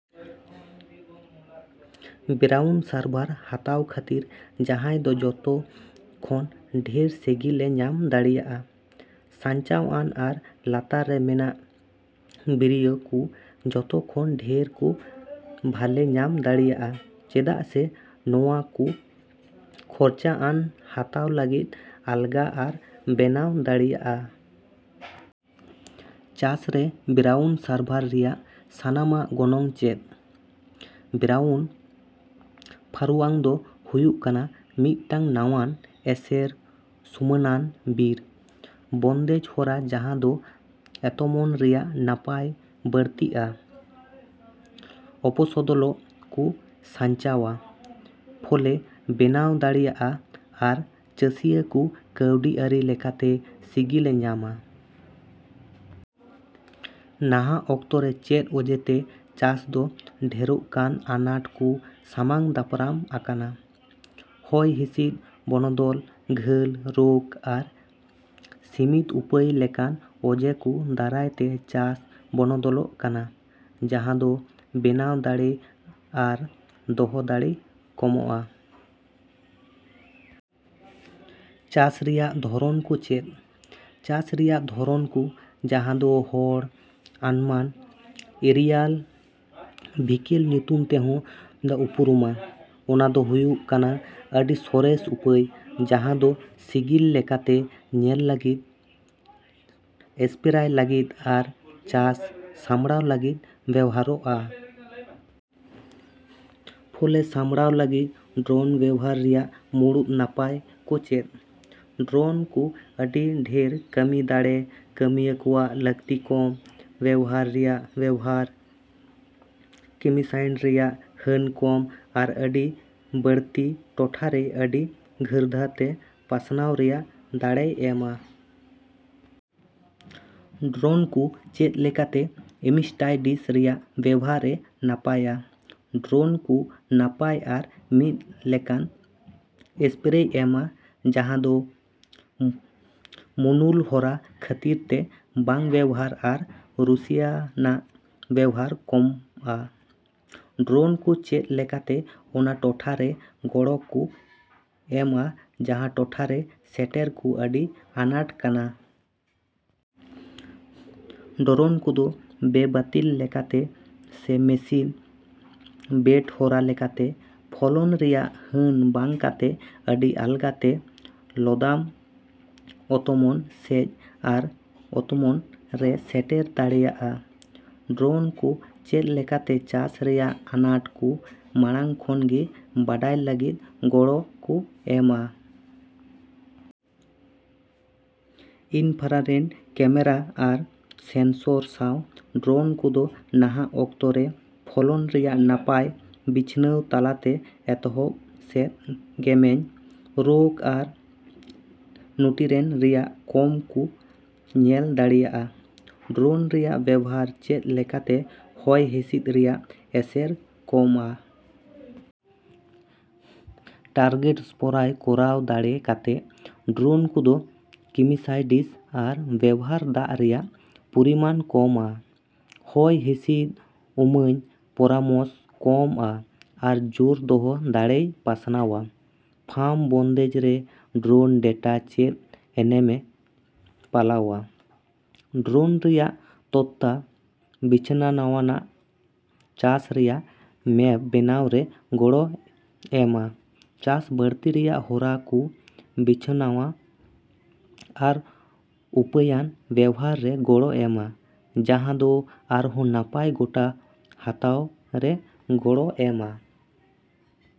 Brown ᱥᱟᱨᱵᱷᱟᱨ ᱦᱟᱛᱟᱣ ᱠᱷᱟᱹᱛᱤᱨ ᱡᱟᱦᱟᱸᱭ ᱫᱚ ᱡᱚᱛᱚ ᱠᱷᱚᱱ ᱰᱷᱮᱨ ᱥᱤᱜᱤᱞ ᱮ ᱧᱟᱢ ᱫᱟᱲᱮᱭᱟᱜᱼᱟ? ᱥᱟᱧᱪᱟᱣᱼᱟᱱ ᱟᱨ ᱞᱟᱛᱟᱨ ᱨᱮ ᱢᱮᱱᱟᱜ ᱵᱤᱨᱤᱭᱟᱹ ᱠᱚ ᱡᱚᱛᱚ ᱠᱷᱚᱱ ᱰᱷᱮᱨ ᱠᱚ ᱵᱷᱟᱞᱮ ᱧᱟᱢ ᱫᱟᱲᱮᱭᱟᱜᱼᱟ ᱪᱮᱫᱟᱜ ᱥᱮ ᱱᱚᱶᱟ ᱫᱚ ᱠᱷᱚᱨᱪᱟᱼᱟᱱ, ᱦᱟᱛᱟᱣ ᱞᱟᱹᱜᱤᱫ ᱟᱞᱜᱟ ᱟᱨ ᱵᱮᱱᱟᱣ ᱫᱟᱲᱮᱹᱭᱟᱜᱼᱟ᱾ ᱪᱟᱥ ᱨᱮ ᱵᱨᱟᱣᱩᱱ ᱥᱟᱨᱵᱷᱟᱨ ᱨᱮᱭᱟᱜ ᱥᱟᱱᱟᱢᱟᱜ ᱜᱚᱱᱚᱝ ᱪᱮᱫ? ᱵᱨᱟᱣᱩᱱ ᱯᱷᱟᱨᱩᱭᱟᱝ ᱫᱚ ᱦᱩᱭᱩᱜ ᱠᱟᱱᱟ ᱢᱤᱫᱴᱟᱝ ᱱᱟᱶᱟᱱ, ᱮᱥᱮᱨᱼᱥᱩᱢᱟᱹᱱᱟᱱ ᱵᱤᱨ ᱵᱚᱱᱫᱮᱡ ᱦᱚᱨᱟ ᱡᱟᱦᱟᱸ ᱫᱚ ᱚᱛᱢᱚᱱ ᱨᱮᱭᱟᱜ ᱱᱟᱯᱟᱭ ᱵᱟᱹᱲᱛᱤᱜᱼᱟ, ᱩᱯᱚᱥᱚᱫᱚᱞ ᱠᱚ ᱥᱟᱧᱪᱟᱣᱼᱟ, ᱯᱷᱚᱞᱮ ᱵᱮᱱᱟᱣ ᱫᱟᱲᱮᱹᱭᱟᱜᱼᱟ ᱟᱨ ᱪᱟᱥᱤᱭᱟᱹ ᱠᱚ ᱠᱟᱹᱣᱰᱤ ᱟᱹᱨᱤ ᱞᱮᱠᱟᱛᱮ ᱥᱤᱜᱤᱞᱮ ᱧᱟᱢᱼᱟ᱾ ᱱᱟᱦᱟᱜ ᱚᱠᱛᱚ ᱨᱮ ᱪᱮᱫ ᱚᱡᱮᱛᱮ ᱪᱟᱥ ᱫᱚ ᱰᱷᱮᱨᱚᱜ ᱠᱟᱱ ᱟᱱᱟᱴ ᱠᱚ ᱥᱟᱢᱟᱝ ᱫᱟᱯᱨᱟᱢ ᱟᱠᱟᱱᱟ? ᱦᱚᱭ ᱦᱤᱥᱤᱫ ᱵᱚᱱᱚᱫᱚᱞ, ᱜᱷᱟᱹᱞ, ᱨᱳᱜᱽ ᱟᱨ ᱥᱤᱢᱤᱛ ᱩᱯᱟᱹᱭ ᱞᱮᱠᱟᱱ ᱚᱡᱮ ᱠᱚ ᱫᱟᱨᱟᱭ ᱛᱮ ᱪᱟᱥ ᱵᱚᱱᱚᱫᱚᱞᱚᱜ ᱠᱟᱱᱟ, ᱡᱟᱦᱟᱸ ᱫᱚ ᱵᱮᱱᱟᱣ ᱫᱟᱲᱮ ᱟᱨ ᱫᱚᱦᱚ ᱫᱟᱲᱮ ᱠᱚᱢᱼᱟ᱾ ᱪᱟᱥ ᱨᱮᱭᱟᱜ ᱫᱷᱚᱨᱚᱱ ᱠᱚ ᱪᱮᱫ? ᱪᱟᱥ ᱨᱮᱭᱟᱜ ᱫᱷᱚᱨᱚᱱ ᱠᱚ, ᱡᱟᱦᱟᱸ ᱫᱚ ᱦᱚᱲ ᱟᱱᱢᱟᱱ ᱮᱨᱤᱭᱟᱞ ᱵᱷᱤᱠᱮᱞ ᱧᱩᱛᱩᱢ ᱛᱮ ᱦᱚᱸ ᱩᱯᱨᱩᱢᱟ, ᱚᱱᱟ ᱫᱚ ᱦᱩᱭᱩᱜ ᱠᱟᱱᱟ ᱟᱹᱰᱤ ᱥᱚᱨᱮᱥ ᱩᱯᱟᱹᱭ ᱡᱟᱦᱟᱸ ᱫᱚ ᱥᱤᱜᱤᱞ ᱞᱮᱠᱟᱛᱮ ᱧᱮᱞ ᱞᱟᱹᱜᱤᱫ, ᱮᱥᱯᱨᱟᱭ ᱞᱟᱹᱜᱤᱫ ᱟᱨ ᱪᱟᱥ ᱥᱟᱢᱲᱟᱣ ᱞᱟᱹᱜᱤᱫ ᱵᱮᱣᱦᱟᱨᱚᱜᱼᱟ᱾ ᱯᱷᱚᱞᱮ ᱥᱟᱢᱲᱟᱣ ᱞᱟᱹᱜᱤᱫ ᱰᱨᱚᱱ ᱵᱮᱣᱦᱟᱨ ᱨᱮᱭᱟᱜ ᱢᱩᱲᱩᱫ ᱱᱟᱯᱟᱭ ᱠᱚ ᱪᱮᱫ? ᱰᱨᱚᱱ ᱠᱚ ᱟᱹᱰᱤ ᱰᱷᱮᱨ ᱠᱟᱹᱢᱤ ᱫᱟᱲᱮ, ᱠᱟᱹᱢᱤᱭᱟᱹ ᱠᱚᱣᱟᱜ ᱞᱟᱹᱠᱛᱤ ᱠᱚᱢ, ᱵᱮᱶᱦᱟᱨ ᱨᱮᱭᱟᱜ ᱵᱮᱶᱦᱟᱨ, ᱠᱤᱢᱤᱥᱟᱭᱰ ᱨᱮᱭᱟᱜ ᱦᱟᱹᱱ ᱠᱚᱢ ᱟᱨ ᱟᱹᱰᱤ ᱵᱟᱹᱲᱛᱤ ᱴᱚᱴᱷᱟ ᱨᱮ ᱟᱹᱰᱤ ᱜᱟᱹᱨᱫᱷᱟᱹᱛᱮ ᱯᱟᱥᱱᱟᱣ ᱨᱮᱭᱟᱜ ᱫᱟᱲᱮᱭ ᱮᱢᱼᱟ᱾ ᱰᱨᱚᱱ ᱠᱚ ᱪᱮᱫ ᱞᱮᱠᱟᱛᱮ ᱮᱢᱤᱥᱴᱟᱭᱰᱤᱥ ᱨᱮᱭᱟᱜ ᱵᱮᱣᱦᱟᱨ ᱮ ᱱᱟᱯᱟᱭᱼᱟ? ᱰᱨᱚᱱ ᱠᱚ ᱱᱟᱯᱟᱭ ᱟᱨ ᱢᱤᱫ ᱞᱮᱠᱟᱱ ᱮᱥᱯᱨᱮᱭ ᱮᱢᱼᱟ, ᱡᱟᱦᱟᱸ ᱫᱚ ᱢᱮᱱᱩᱞ ᱦᱚᱨᱟ ᱠᱷᱟᱹᱛᱤᱨ ᱛᱮ ᱵᱟᱝ ᱵᱮᱣᱦᱟᱨ ᱟᱨ ᱨᱚᱥᱤᱭᱟᱱᱟᱜ ᱵᱮᱶᱦᱟᱨ ᱠᱚᱢᱼᱟ᱾ ᱰᱨᱚᱱ ᱠᱚ ᱪᱮᱫ ᱞᱮᱠᱟᱛᱮ ᱚᱱᱟ ᱴᱚᱴᱷᱟ ᱨᱮ ᱜᱚᱲᱚ ᱠᱚ ᱮᱢᱼᱟ ᱡᱟᱦᱟᱸ ᱴᱚᱴᱷᱟ ᱨᱮ ᱥᱮᱴᱮᱨ ᱫᱚ ᱟᱹᱰᱤ ᱟᱱᱟᱴ ᱠᱟᱱᱟ᱾ ᱰᱨᱚᱱ ᱠᱚᱫᱚ ᱵᱮᱼᱵᱟᱹᱛᱤᱞ ᱞᱮᱠᱟᱛᱮ ᱥᱮ ᱢᱮᱥᱤᱱᱼᱵᱮᱹᱰ ᱦᱚᱨᱟ ᱞᱮᱠᱟᱛᱮ, ᱯᱷᱚᱞᱚᱱ ᱨᱮᱭᱟᱜ ᱦᱟᱹᱱ ᱵᱟᱝ ᱠᱟᱛᱮ ᱟᱹᱰᱤ ᱟᱞᱜᱟᱛᱮ ᱞᱚᱫᱟᱢ ᱚᱛᱢᱚᱱ, ᱥᱮᱪ ᱟᱨ ᱚᱛᱢᱚᱱ ᱨᱮ ᱥᱮᱴᱮᱨ ᱫᱟᱲᱮᱹᱭᱟᱜᱼᱟ᱾ ᱰᱨᱚᱱ ᱠᱚ ᱪᱮᱫ ᱞᱮᱠᱟᱛᱮ ᱪᱟᱥ ᱨᱮᱭᱟᱜ ᱟᱱᱟᱴ ᱠᱚ ᱢᱟᱲᱟᱝ ᱠᱷᱚᱱ ᱜᱮ ᱵᱟᱰᱟᱭ ᱞᱟᱹᱜᱤᱫ ᱜᱚᱲᱚ ᱠᱚ ᱮᱢᱼᱟ? ᱤᱱᱯᱷᱨᱟᱨᱮᱰ ᱠᱮᱢᱮᱨᱟ ᱟᱨ ᱥᱮᱱᱥᱳᱨ ᱥᱟᱶ ᱰᱨᱚᱱ ᱠᱚᱫᱚ ᱱᱟᱦᱟᱜ ᱚᱠᱛᱚ ᱨᱮ ᱯᱷᱚᱞᱚᱱ ᱨᱮᱭᱟᱜ ᱱᱟᱯᱟᱭ ᱵᱤᱪᱷᱱᱟᱶ ᱛᱟᱞᱟᱛᱮ ᱮᱛᱚᱦᱚᱵ ᱥᱮᱫ ᱜᱮᱢᱮᱧ, ᱨᱳᱜᱽ ᱟᱨ ᱱᱩᱴᱤᱨᱮᱱᱴ ᱨᱮᱭᱟᱜ ᱠᱚᱢ ᱠᱚ ᱧᱮᱞ ᱫᱟᱲᱮᱹᱭᱟᱜᱼᱟ᱾ ᱰᱨᱚᱱ ᱨᱮᱭᱟᱜ ᱵᱮᱣᱦᱟᱨ ᱪᱮᱫ ᱞᱮᱠᱟᱛᱮ ᱦᱚᱭ ᱦᱤᱥᱤᱫ ᱨᱮᱭᱟᱜ ᱮᱥᱮᱨ ᱠᱚᱢᱼᱟ? ᱴᱟᱨᱜᱮᱴ ᱥᱯᱨᱟᱭ ᱠᱚᱨᱟᱣ ᱫᱟᱲᱮ ᱠᱟᱛᱮ, ᱰᱨᱚᱱ ᱠᱚᱫᱚ ᱠᱤᱢᱤᱥᱟᱭᱰᱤᱥ ᱟᱨ ᱵᱮᱣᱦᱟᱨ ᱫᱟᱜ ᱨᱮᱭᱟᱜ ᱯᱚᱨᱤᱢᱟᱱ ᱠᱚᱢᱼᱟ, ᱦᱚᱭ ᱦᱤᱥᱤᱫ ᱩᱢᱟᱹᱧ ᱯᱚᱨᱟᱢᱚᱥ ᱠᱚᱢᱼᱟ ᱟᱨ ᱡᱳᱨ ᱫᱚᱦᱚ ᱫᱟᱲᱮᱭ ᱯᱟᱥᱱᱟᱣᱼᱟ᱾ ᱯᱷᱟᱢ ᱵᱚᱱᱫᱮᱡ ᱨᱮ ᱰᱨᱚᱱ ᱰᱮᱴᱟ ᱪᱮᱫ ᱮᱱᱮᱢᱮ ᱯᱟᱞᱟᱣᱼᱟ? ᱰᱨᱚᱱ ᱨᱮᱭᱟᱜ ᱛᱚᱛᱛᱟ ᱵᱤᱪᱷᱱᱟᱣᱟᱱᱟᱜ ᱪᱟᱥ ᱨᱮᱭᱟᱜ ᱢᱮᱯ ᱵᱮᱱᱟᱣ ᱨᱮ ᱜᱚᱲᱚ ᱮᱢᱼᱟ, ᱪᱟᱥ ᱵᱟᱹᱲᱛᱤ ᱨᱮᱭᱟᱜ ᱦᱚᱨᱟ ᱠᱚ ᱵᱤᱪᱷᱱᱟᱣᱟ ᱟᱨ ᱩᱯᱟᱹᱭᱟᱱ ᱵᱮᱣᱦᱟᱨ ᱨᱮ ᱜᱚᱲᱚ ᱮᱢᱼᱟ, ᱡᱟᱦᱟᱸ ᱫᱚ ᱟᱨᱦᱚᱸ ᱱᱟᱯᱟᱭ ᱜᱚᱴᱟ ᱦᱟᱛᱟᱣ ᱨᱮ ᱜᱚᱲᱚ ᱮᱢᱼᱟ᱾